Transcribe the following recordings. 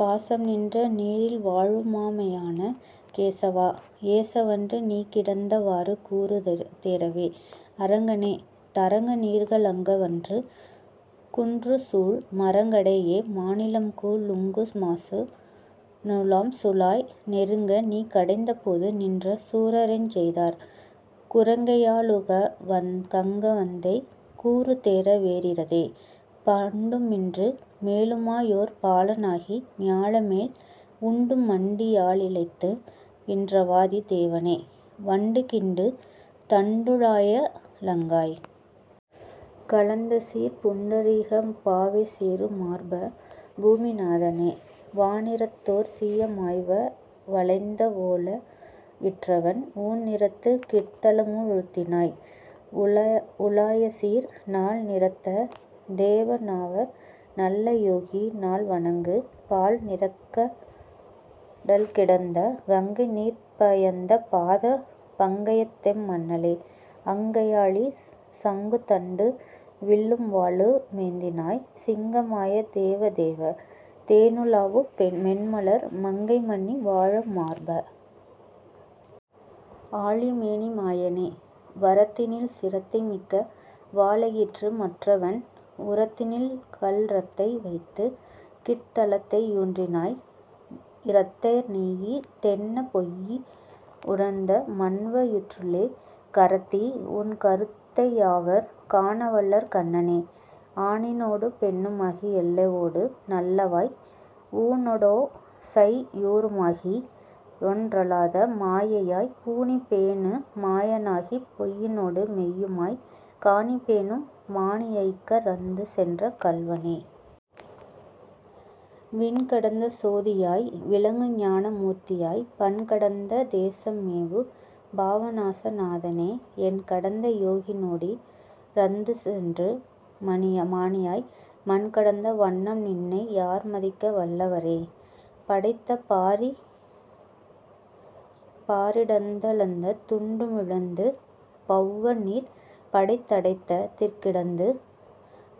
பாசம்நின்ற நீரில்வாழு மாமையான கேசவா, ஏசவன்று நீகிடந்த வாறுகூறு தரு தேறவே. அரங்கனே. தரங்கநீர்க லங்கவன்று குன்றுசூழ், மரங்கடேய மாநிலம்கு லுங்கமாசு ணம்சுலாய், நெருங்கநீ கடைந்தபோது நின்றசூர ரெஞ்செய்தார், குரங்கையா ளுகந்தவெந்தை. கூறுதேற வேறிதே. பண்டுமின்று மேலுமாயொர் பாலனாகி ஞாலமேழ், உண்டுமண்டி யாலிலைத்து யின்றவாதி தேவனே, வண்டுகிண்டு தண்டுழாய லங்கலாய். கலந்தசீர்ப், புண்டரீக பாவைசேரு மார்ப. பூமி நாதனே. வானிறத்தோர் சீயமாய்வ ளைந்தவாளெ யிற்றவன், ஊன்நிறத்து கிர்த்தலம ழுத்தினாய். உ லாயசீர், நால்நிறத்த வேதநாவர் நல்லயோகி னால்வணங்கு, பால்நிறக்க டல்கிடந்த கங்கைநீர்ப யந்தபாத பங்கயத்தெம் மண்ணலே, அங்கையாழி சங்குதண்டு வில்லும்வாளு மேந்தினாய், சிங்கமாய தேவதேவ. தேனுலாவு மென்மலர், மங்கைமன்னி வாழுமார்ப. ஆழிமேனி மாயனே. வரத்தினில்சி ரத்தைமிக்க வாளெயிற்று மற்றவன், உரத்தினில்கல் ரத்தைவைத்து கிர்த்தலத்தை யூன்றினாய், இரத்தநீயி தென்னபொய்யி ரந்தமண்வ யிற்றுளே கரத்தி, உன்க ருத்தையாவர் காணவல்லர் கண்ணனே. ஆணினோடு பெண்ணுமாகி யல்லவோடு நல்லவாய், ஊணொடோ சை யூறுமாகி யொன்றலாத மாயையாய், பூணிபேணு மாயனாகிப் பொய்யினோடு மெய்யுமாய், காணிபேணும் மாணியாய்க்க ரந்துசென்ற கள்வனே. விண்கடந்த சோதியாய்வி ளங்குஞான மூர்த்தியாய், பண்கடந்த தேசமேவு பாவநாச நாதனே, எண்கடந்த யோகினோடி ரந்துசென்று மாணியாய், மண்கடந்த வண்ணம்நின்னை யார்மதிக்க வல்லரே? படைத்தபாரி டந்தளந்த துண்டுமிழ்ந்து பௌவநீர், படைத்தடைத்த திற்கிடந்து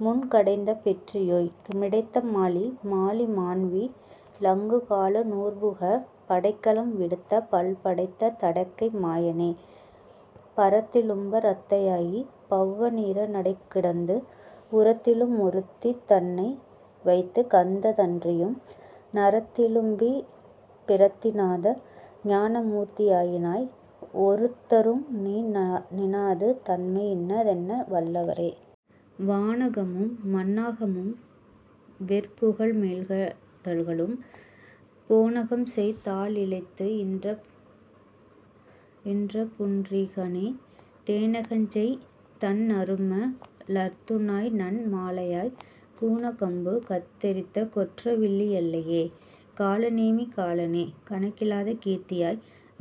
முன்கடைந்த பெற்றியோய், மிடைத்தமாலி மாலிமான்வி லங்குகால னூர்புக, படைக்கலம் விடுத்தபல்ப டைத்தடக்கை மாயனே. பரத்திலும்ப ரத்தையாதி பௌவநீர ணைக்கிடந்து, உரத்திலும்மொ ருத்திதன்னை வைத்துகந்த தன்றியும், நரத்திலும்பி றத்திநாத ஞானமூர்த்தி யாயினாய், ஒருத்தரும்நி னாதுதன்மை யின்னதென்ன வல்லரே. வானகம்மும் மண்ணாகம்மும் வெற்புமேழ்க டல்களும், போனகம்செய் தாலிலைத்து யின்றபுண்ட ரீகனே, தேனகஞ்செய் தண்ணறும்ம லர்த்துழாய்நன் மாலையாய், கூனகம்பு கத்தெறித்த கொற்றவில்லி யல்லையே? காலநேமி காலனே. கணக்கிலாத கீர்த்தியாய்,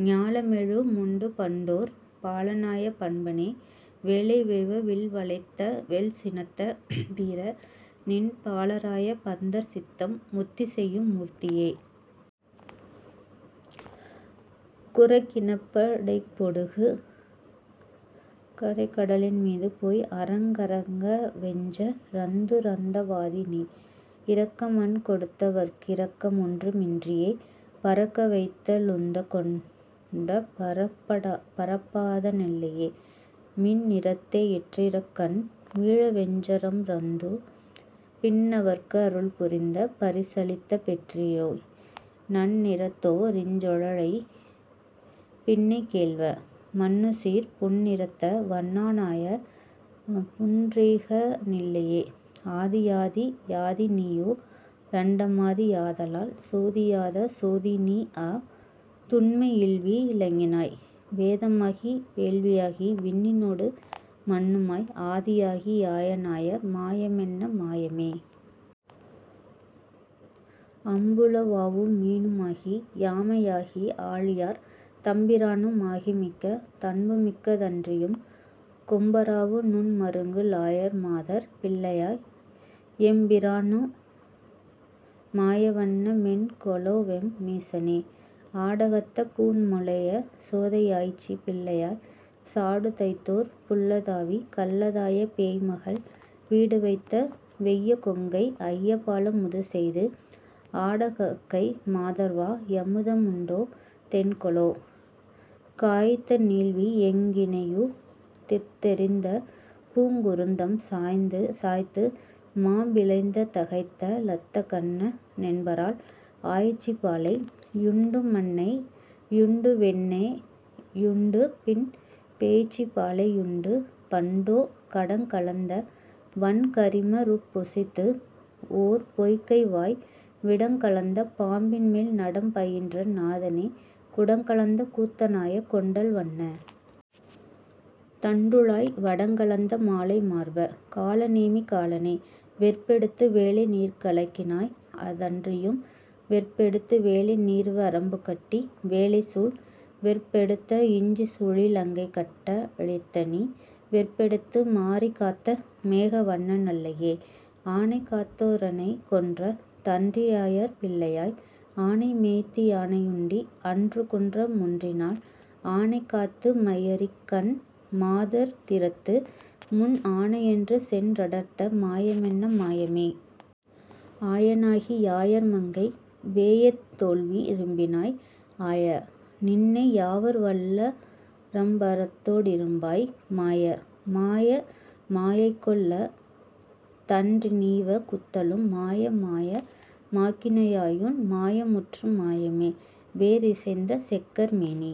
ஞாலமேழு முண்டுபண்டோ ர் பாலனாய பண்பனே, வேலைவேவ வில்வளைத்த வெல்சினத்த வீர, நின் பாலராய பத்தர்சித்தம் முத்திசெய்யும் மூர்த்தியே. குரக்கினப்ப டைகொடுகு ரைகடலின் மீதுபோய் அரக்கரங்க ரங்கவெஞ்ச ரந்துரந்த வாதிநீ, இரக்கமண்கொ டுத்தவற்கி ரக்கமொன்று மின்றியே, பரக்கவைத்த ளந்துகொண்ட பற்பபாத னல்லையே? மின்னிறத்தெ யிற்றரக்கன் வீழவெஞ்ச ரம்துரந்து, பின்னவற்க ருள்புரிந்த ரசளித்த பெற்றியோய், நன்னிறத்தொ ரிஞ்சொலேழை பின்னைகேள்வ. மன்னுசீர், பொன்னிறத்த வண்ணானாய புண்டரீக னல்லையே? ஆதியாதி யாதிநீயொ ரண்டமாதி யாதலால், சோதியாத சோதிநீஅ துண்மையில்வி ளங்கினாய், வேதமாகி வேள்வியாகி விண்ணினோடு மண்ணுமாய் ஆதியாகி யாயனாய மாயமென்ன மாயமே? அம்புலாவு மீனுமாகி யாமையாகி ஆழியார், தம்பிரானு மாகிமிக்க தன்புமிக்க தன்றியும் கொம்பராவு நுண்மருங்கு லாயர்மாதர் பிள்ளையாய் எம்பிரானு மாயவண்ண மென்கொலோவெம் மீசனே. ஆடகத்த பூண்முலைய சோதையாய்ச்சி பிள்ளையாய் சாடுதைத்தோர் புள்ளதாவி கள்ளதாய பேய்மகள் வீடுவைத்த வெய்யகொங்கை ஐயபால முதுசெய்து, ஆடகக்கை மாதர்வா யமுதமுண்ட தென்கொலோ? காய்த்தநீள்வி ளங்கனியு திர்த்தெதிர்ந்த பூங்குருந்தம் சாய்த்து, மாபி ளந்தகைத்த லத்தகண்ண னென்பரால் ஆய்ச்சிபாலை யுண்டுமண்ணை யுண்டுவெண்ணெ யுண்டு, பின் பேய்ச்சிபாலை யுண்டுபண்டொ கடங்கலந்த வன்கரிம ருப்பொசித்துஓர் பொய்கைவாய், விடங்கலந்த பாம்பின்மேல்ந டம்பயின்ற நாதனே குடங்கலந்த கூத்தனாய கொண்டல்வண்ண. தண்டுழாய், வடங்கலந்த மாலைமார்ப. காலநேமி காலனே. வெற்பெடுத்து வேலைநீர்க லக்கினாய்அ தன்றியும், வெற்பெடுத்து வேலைநீர்வ ரம்புகட்டி வேலைசூழ், வெற்பெடுத்த இஞ்சிசூழி லங்கைகட்ட ழித்தநீ வெற்பெடுத்து மாரிகாத்த மேகவண்ண னல்லையே. ஆனைகாத்தொ ரானைகொன்ற தன்றியாயர் பிள்ளையாய், ஆனைமேய்த்தி யானெயுண்டி அன்றுகுன்ற மொன்றினால், ஆனைகாத்து மையரிக்கண் மாதரார்தி றத்து, முன் ஆனையன்று சென்றடர்த்த மாயமென்ன மாயமே? ஆயனாகி யாயர்மங்கை வேயதோள்வி ரும்பினாய், ஆய. நின்னை யாவர்வல்ல ரம்பரத்தொ டிம்பராய், மாய. மாய மாயைகொல்அ தன்றிநீவ குத்தலும், மாயமாய மாக்கினாயுன் மாயமுற்று மாயமே. வேறிசைந்த செக்கர்மேனி